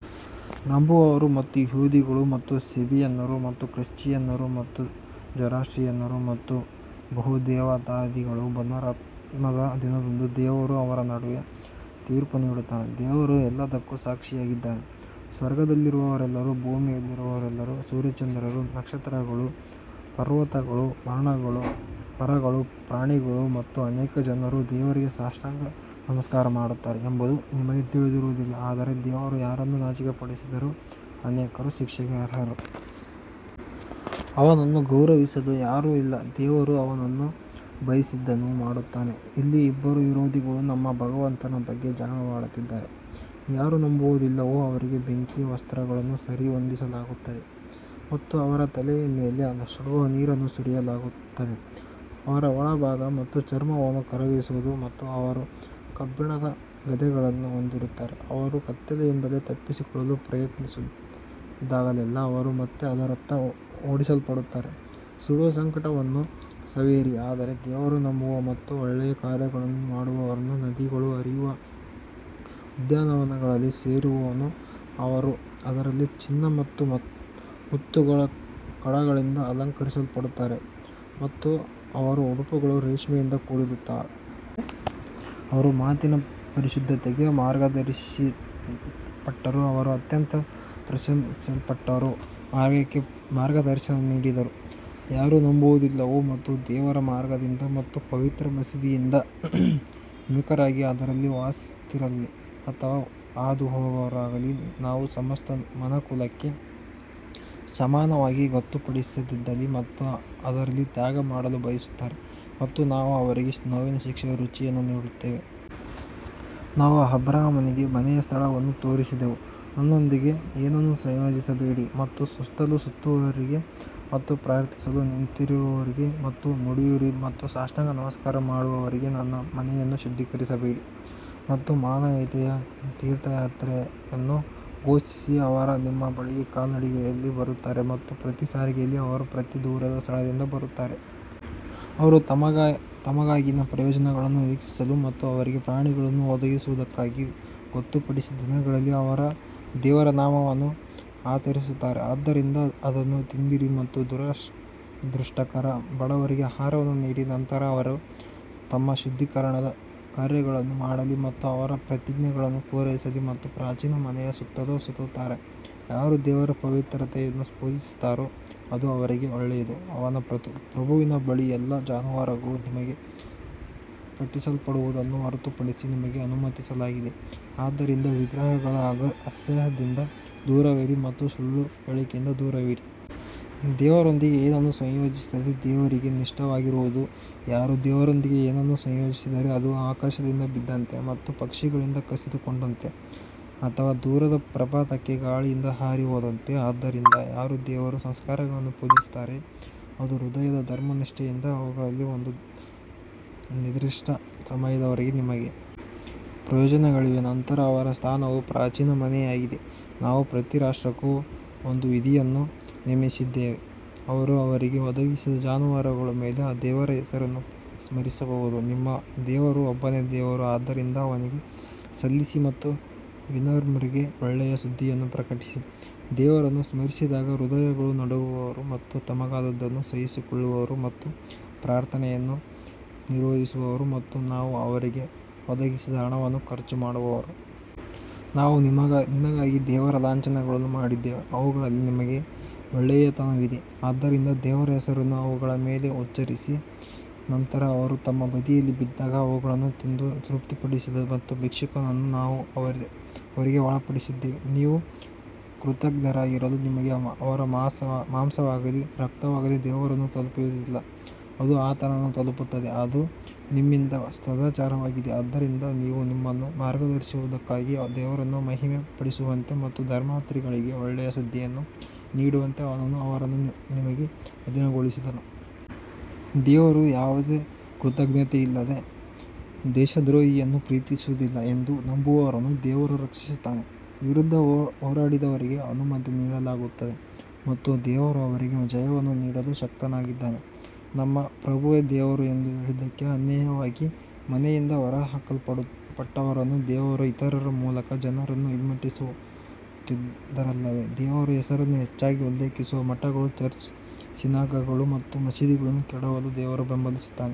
ನಂಬುವವರು ಮತ್ತು ಯಹೂದಿಗಳು ಮತ್ತು ಸೇಬಿಯನ್ನರು ಮತ್ತು ಕ್ರಿಶ್ಚಿಯನ್ನರು ಮತ್ತು ಜೊರಾಸ್ಟ್ರಿಯನ್ನರು ಮತ್ತು ಬಹುದೇವತಾವಾದಿಗಳು ಪುನರುತ್ಥಾನದ ದಿನದಂದು ದೇವರು ಅವರ ನಡುವೆ ತೀರ್ಪು ನೀಡುತ್ತಾನೆ, ದೇವರು ಎಲ್ಲದಕ್ಕೂ ಸಾಕ್ಷಿಯಾಗಿದ್ದಾನೆ ಸ್ವರ್ಗದಲ್ಲಿರುವವರೆಲ್ಲರೂ, ಭೂಮಿಯಲ್ಲಿರುವವರೆಲ್ಲರೂ, ಸೂರ್ಯಚಂದ್ರರು, ನಕ್ಷತ್ರಗಳು, ಪರ್ವತಗಳು, ಮರಗಳು, ಪ್ರಾಣಿಗಳು ಮತ್ತು ಅನೇಕ ಜನರು ದೇವರಿಗೆ ಸಾಷ್ಟಾಂಗ ನಮಸ್ಕಾರ ಮಾಡುತ್ತಾರೆ ಎಂಬುದು ನಿಮಗೆ ತಿಳಿದಿರುವುದಿಲ್ಲ, ಆದರೆ ದೇವರು ಯಾರನ್ನು ನಾಚಿಕೆಪಡಿಸಿದರೂ ಅನೇಕರು ಶಿಕ್ಷೆಗೆ ಅರ್ಹರು. ಅವನನ್ನು ಗೌರವಿಸಲು ಯಾರೂ ಇಲ್ಲ, ದೇವರು ಅವನು ಬಯಸಿದ್ದನ್ನು ಮಾಡುತ್ತಾನೆ ಇಲ್ಲಿ ಇಬ್ಬರು ವಿರೋಧಿಗಳು ತಮ್ಮ ಭಗವಂತನ ಬಗ್ಗೆ ಜಗಳವಾಡುತ್ತಿದ್ದಾರೆ, ಯಾರು ನಂಬುವುದಿಲ್ಲವೋ ಅವರಿಗೆ ಬೆಂಕಿಯ ವಸ್ತ್ರಗಳನ್ನು ಸರಿಹೊಂದಿಸಲಾಗುತ್ತದೆ ಮತ್ತು ಅವರ ತಲೆಯ ಮೇಲೆ ಸುಡುವ ನೀರನ್ನು ಸುರಿಯಲಾಗುತ್ತದೆ. ಅವರ ಒಳಭಾಗ ಮತ್ತು ಚರ್ಮವನ್ನು ಕರಗಿಸುವುದು ಮತ್ತು ಅವರು ಕಬ್ಬಿಣದ ಗದೆಗಳನ್ನು ಹೊಂದಿರುತ್ತಾರೆ ಅವರು ಕತ್ತಲೆಯಿಂದ ತಪ್ಪಿಸಿಕೊಳ್ಳಲು ಪ್ರಯತ್ನಿಸಿದಾಗಲೆಲ್ಲಾ ಅವರು ಮತ್ತೆ ಅದರತ್ತ ಓಡಿಸಲ್ಪಡುತ್ತಾರೆ ಸುಡುವ ಸಂಕಟವನ್ನು ಸವಿಯಿರಿ ಆದರೆ ದೇವರು ನಂಬುವ ಮತ್ತು ಒಳ್ಳೆಯ ಕಾರ್ಯಗಳನ್ನು ಮಾಡುವವರನ್ನು ನದಿಗಳು ಹರಿಯುವ ಉದ್ಯಾನವನಗಳಲ್ಲಿ ಸೇರಿಸುವನು, ಅವರು ಅದರಲ್ಲಿ ಚಿನ್ನ ಮತ್ತು ಮುತ್ತುಗಳ ಕಡಗಗಳಿಂದ ಅಲಂಕರಿಸಲ್ಪಡುತ್ತಾರೆ ಮತ್ತು ಅವರ ಉಡುಪುಗಳು ರೇಷ್ಮೆಯಿಂದ ಕೂಡಿರುತ್ತವೆ. ಅವರು ಮಾತಿನ ಪರಿಶುದ್ಧತೆಗೆ ಮಾರ್ಗದರ್ಶಿಸಲ್ಪಟ್ಟರು, ಅವರು ಅತ್ಯಂತ ಪ್ರಶಂಸಿಸಲ್ಪಟ್ಟವರ ಮಾರ್ಗಕ್ಕೆ ಮಾರ್ಗದರ್ಶನ ನೀಡಿದರು ಯಾರು ನಂಬುವುದಿಲ್ಲವೋ ಮತ್ತು ದೇವರ ಮಾರ್ಗದಿಂದ ಮತ್ತು ಪವಿತ್ರ ಮಸೀದಿಯಿಂದ ವಿಮುಖರಾಗಿ ಅದರಲ್ಲಿ ವಾಸಿಸುತ್ತಿರಲಿ ಅಥವಾ ಹಾದುಹೋಗುವವರಾಗಲಿ ನಾವು ಸಮಸ್ತ ಮನುಕುಲಕ್ಕೆ ಸಮಾನವಾಗಿ ಗೊತ್ತುಪಡಿಸಿದಲ್ಲಿ ಮತ್ತು ಅದರಲ್ಲಿ ತ್ಯಾಗ ಮಾಡಲು ಬಯಸುತ್ತಾರೆ ಮತ್ತು ನಾವು ಅವರಿಗೆ ನೋವಿನ ಶಿಕ್ಷೆಯ ರುಚಿಯನ್ನು ನೀಡುತ್ತೇವೆ. ನಾವು ಅಬ್ರಹಾಮನಿಗೆ ಮನೆಯ ಸ್ಥಳವನ್ನು ತೋರಿಸಿದೆವು ನನ್ನೊಂದಿಗೆ ಏನನ್ನೂ ಸಂಯೋಜಿಸಬೇಡಿ ಮತ್ತು ಸುತ್ತಲೂ ಸುತ್ತುವವರಿಗೆ ಮತ್ತು ಪ್ರಾರ್ಥಿಸಲು ನಿಂತಿರುವವರಿಗೆ ಮತ್ತು ಮಂಡಿಯೂರಿ ಮತ್ತು ಸಾಷ್ಟಾಂಗ ನಮಸ್ಕಾರ ಮಾಡುವವರಿಗೆ ನನ್ನ ಮನೆಯನ್ನು ಶುದ್ಧೀಕರಿಸಬೇಡಿ ಮತ್ತು ಮಾನವೀಯತೆಯ ತೀರ್ಥಯಾತ್ರೆಯನ್ನು ಘೋಷಿಸಿ ಅವರು ನಿಮ್ಮ ಬಳಿಗೆ ಕಾಲ್ನಡಿಗೆಯಲ್ಲಿ ಬರುತ್ತಾರೆ ಮತ್ತು ಪ್ರತಿ ಸಾರಿಗೆಯಲ್ಲಿ ಅವರು ಪ್ರತಿ ದೂರದ ಸ್ಥಳದಿಂದ ಬರುತ್ತಾರೆ. ಅವರು ತಮಗಾಗಿನ ಪ್ರಯೋಜನಗಳನ್ನು ವೀಕ್ಷಿಸಲು ಮತ್ತು ಅವರಿಗೆ ಪ್ರಾಣಿಗಳನ್ನು ಒದಗಿಸುವುದಕ್ಕಾಗಿ ಗೊತ್ತುಪಡಿಸಿದ ದಿನಗಳಲ್ಲಿ ದೇವರ ನಾಮವನ್ನು ಆಚರಿಸುತ್ತಾರೆ ಆದ್ದರಿಂದ ಅದನ್ನು ತಿನ್ನಿರಿ ಮತ್ತು ದುರದೃಷ್ಟಕರ ಬಡವರಿಗೆ ಆಹಾರವನ್ನು ನೀಡಿ ನಂತರ ಅವರು ತಮ್ಮ ಶುದ್ಧೀಕರಣದ ಕಾರ್ಯಗಳನ್ನು ಮಾಡಲಿ ಮತ್ತು ಅವರ ಪ್ರತಿಜ್ಞೆಗಳನ್ನು ಪೂರೈಸಲಿ ಮತ್ತು ಪ್ರಾಚೀನ ಮನೆಯ ಸುತ್ತಲೂ ಸುತ್ತುತ್ತಾರೆ ಯಾರು ದೇವರ ಪವಿತ್ರತೆಯನ್ನು ಪೂಜಿಸುತ್ತಾರೋ ಅದು ಅವರಿಗೆ ಒಳ್ಳೆಯದು ಅವನ ಪ್ರಭುವಿನ ಬಳಿ ಎಲ್ಲಾ ಜಾನುವಾರುಗಳು ನಿಮಗೆ ಪಠಿಸಲ್ಪಡುವುದನ್ನು ಹೊರತುಪಡಿಸಿ ನಿಮಗೆ ಅನುಮತಿಸಲಾಗಿದೆ ಆದ್ದರಿಂದ ವಿಗ್ರಹಗಳ ಅಸಹ್ಯದಿಂದ ದೂರವಿರಿ ಮತ್ತು ಸುಳ್ಳು ಹೇಳಿಕೆಯಿಂದ ದೂರವಿರಿ. ದೇವರೊಂದಿಗೆ ಏನನ್ನೂ ಸಂಯೋಜಿಸದೆ ದೇವರಿಗೆ ನಿಷ್ಠರಾಗಿರುವುದು ಯಾರು ದೇವರೊಂದಿಗೆ ಏನನ್ನೂ ಸಂಯೋಜಿಸಿದರೆ ಅದು ಆಕಾಶದಿಂದ ಬಿದ್ದಂತೆ ಮತ್ತು ಪಕ್ಷಿಗಳಿಂದ ಕಸಿದುಕೊಂಡಂತೆ ಅಥವಾ ದೂರದ ಪ್ರಪಾತಕ್ಕೆ ಗಾಳಿಯಿಂದ ಹಾರಿಹೋದಂತೆ. ಆದ್ದರಿಂದ ಯಾರು ದೇವರ ಸಂಸ್ಕಾರಗಳನ್ನು ಪೂಜಿಸುತ್ತಾರೆ ಅದು ಹೃದಯದ ಧರ್ಮನಿಷ್ಠೆಯಿಂದ ಅವುಗಳಲ್ಲಿ ಒಂದು ನಿರ್ದಿಷ್ಟ ಸಮಯದವರೆಗೆ ನಿಮಗೆ ಪ್ರಯೋಜನಗಳಿವೆ, ನಂತರ ಅವರ ಸ್ಥಾನವು ಪ್ರಾಚೀನ ಮನೆಯಾಗಿದೆ ನಾವು ಪ್ರತಿ ರಾಷ್ಟ್ರಕ್ಕೂ ಒಂದು ವಿಧಿಯನ್ನು ನೇಮಿಸಿದ್ದೇವೆ, ಅವರು ಅವರಿಗೆ ಒದಗಿಸಿದ ಜಾನುವಾರುಗಳ ಮೇಲೆ ದೇವರ ಹೆಸರನ್ನು ಸ್ಮರಿಸಬಹುದು, ನಿಮ್ಮ ದೇವರು ಒಬ್ಬನೇ ದೇವರು ಆದ್ದರಿಂದ ಅವನಿಗೆ ಸಲ್ಲಿಸಿ ಮತ್ತು ವಿನಮ್ರರಿಗೆ ಒಳ್ಳೆಯ ಸುದ್ದಿಯನ್ನು ಪ್ರಕಟಿಸಿ ದೇವರನ್ನು ಸ್ಮರಿಸಿದಾಗ ಹೃದಯಗಳು ನಡುಗುವವರು ಮತ್ತು ತಮಗಾದದ್ದನ್ನು ಸಹಿಸಿಕೊಳ್ಳುವವರು ಮತ್ತು ಪ್ರಾರ್ಥನೆಯನ್ನು ನಿರ್ವಹಿಸುವವರು ಮತ್ತು ನಾವು ಅವರಿಗೆ ಒದಗಿಸಿದ ಹಣವನ್ನು ಖರ್ಚು ಮಾಡುವವರು. ನಾವು ನಿನಗಾಗಿ ದೇವರ ಲಾಂಛನಗಳನ್ನು ಮಾಡಿದ್ದೇವೆ ಅವುಗಳಲ್ಲಿ ನಿಮಗೆ ಒಳ್ಳೆಯತನವಿದೆ ಆದ್ದರಿಂದ ದೇವರ ಹೆಸರನ್ನು ಅವುಗಳ ಮೇಲೆ ಉಚ್ಚರಿಸಿ ನಂತರ ಅವರು ತಮ್ಮ ಬದಿಯಲ್ಲಿ ಬಿದ್ದಾಗ ಅವುಗಳನ್ನು ತಿಂದು ತೃಪ್ತಿಪಡಿಸಿದ ಮತ್ತು ಭಿಕ್ಷುಕನನ್ನು ನಾವು ಅವರಿಗೆ ಒಳಪಡಿಸಿದ್ದೇವೆ. ನೀವು ಕೃತಜ್ಞರಾಗಿರಲು ನಿಮಗೆ ಅವರ ಮಾಂಸವಾಗಲೀ, ರಕ್ತವಾಗಲೀ ದೇವರನ್ನು ತಲುಪುವುದಿಲ್ಲ, ಅದು ಆತನನ್ನು ತಲುಪುತ್ತದೆ, ಅದು ನಿಮ್ಮಿಂದ ಸದಾಚಾರವಾಗಿದೆ, ಆದ್ದರಿಂದ ನೀವು ನಿಮ್ಮನ್ನು ಮಾರ್ಗದರ್ಶಿಸುವುದಕ್ಕಾಗಿ ದೇವರನ್ನು ಮಹಿಮೆಪಡಿಸುವಂತೆ ಮತ್ತು ಧರ್ಮಾರ್ಥಿಗಳಿಗೆ ಒಳ್ಳೆಯ ಸುದ್ದಿಯನ್ನು ನೀಡುವಂತೆ ಅವನು ಅವರನ್ನು ನಿಮಗೆ ಅಧೀನಗೊಳಿಸಿದನು. ದೇವರು ಯಾವುದೇ ಕೃತಜ್ಞತೆಯಿಲ್ಲದ ದೇಶದ್ರೋಹಿಯನ್ನು ಪ್ರೀತಿಸುವುದಿಲ್ಲ ಎಂದು ನಂಬುವವರನ್ನು ದೇವರು ರಕ್ಷಿಸುತ್ತಾನೆ ವಿರುದ್ಧ ಹೋರಾಡಿದವರಿಗೆ ಅನುಮತಿ ನೀಡಲಾಗುತ್ತದೆ ಮತ್ತು ದೇವರು ಅವರಿಗೆ ಜಯವನ್ನು ನೀಡಲು ಶಕ್ತನಾಗಿದ್ದಾನೆ ನಮ್ಮ ಪ್ರಭುವೇ ದೇವರು ಎಂದು ಹೇಳಿದ್ದಕ್ಕೆ ಅನ್ಯಾಯವಾಗಿ ಮನೆಯಿಂದ ಹೊರಹಾಕಲ್ಪಟ್ಟವರನ್ನು ದೇವರು ಇತರರ ಮೂಲಕ ಜನರನ್ನು ಹಿಮ್ಮೆಟ್ಟಿಸುತ್ತಿದ್ದರಲ್ಲವೇ, ದೇವರ ಹೆಸರನ್ನು ಹೆಚ್ಚಾಗಿ ಉಲ್ಲೇಖಿಸುವ ಮಠಗಳು ಚರ್ಚ್, ಸಿನಗಾಗ್ಗಳು ಮತ್ತು ಮಸೀದಿಗಳನ್ನು ಕೆಡವಲು ದೇವರು ಬೆಂಬಲಿಸುತ್ತಾನೆ.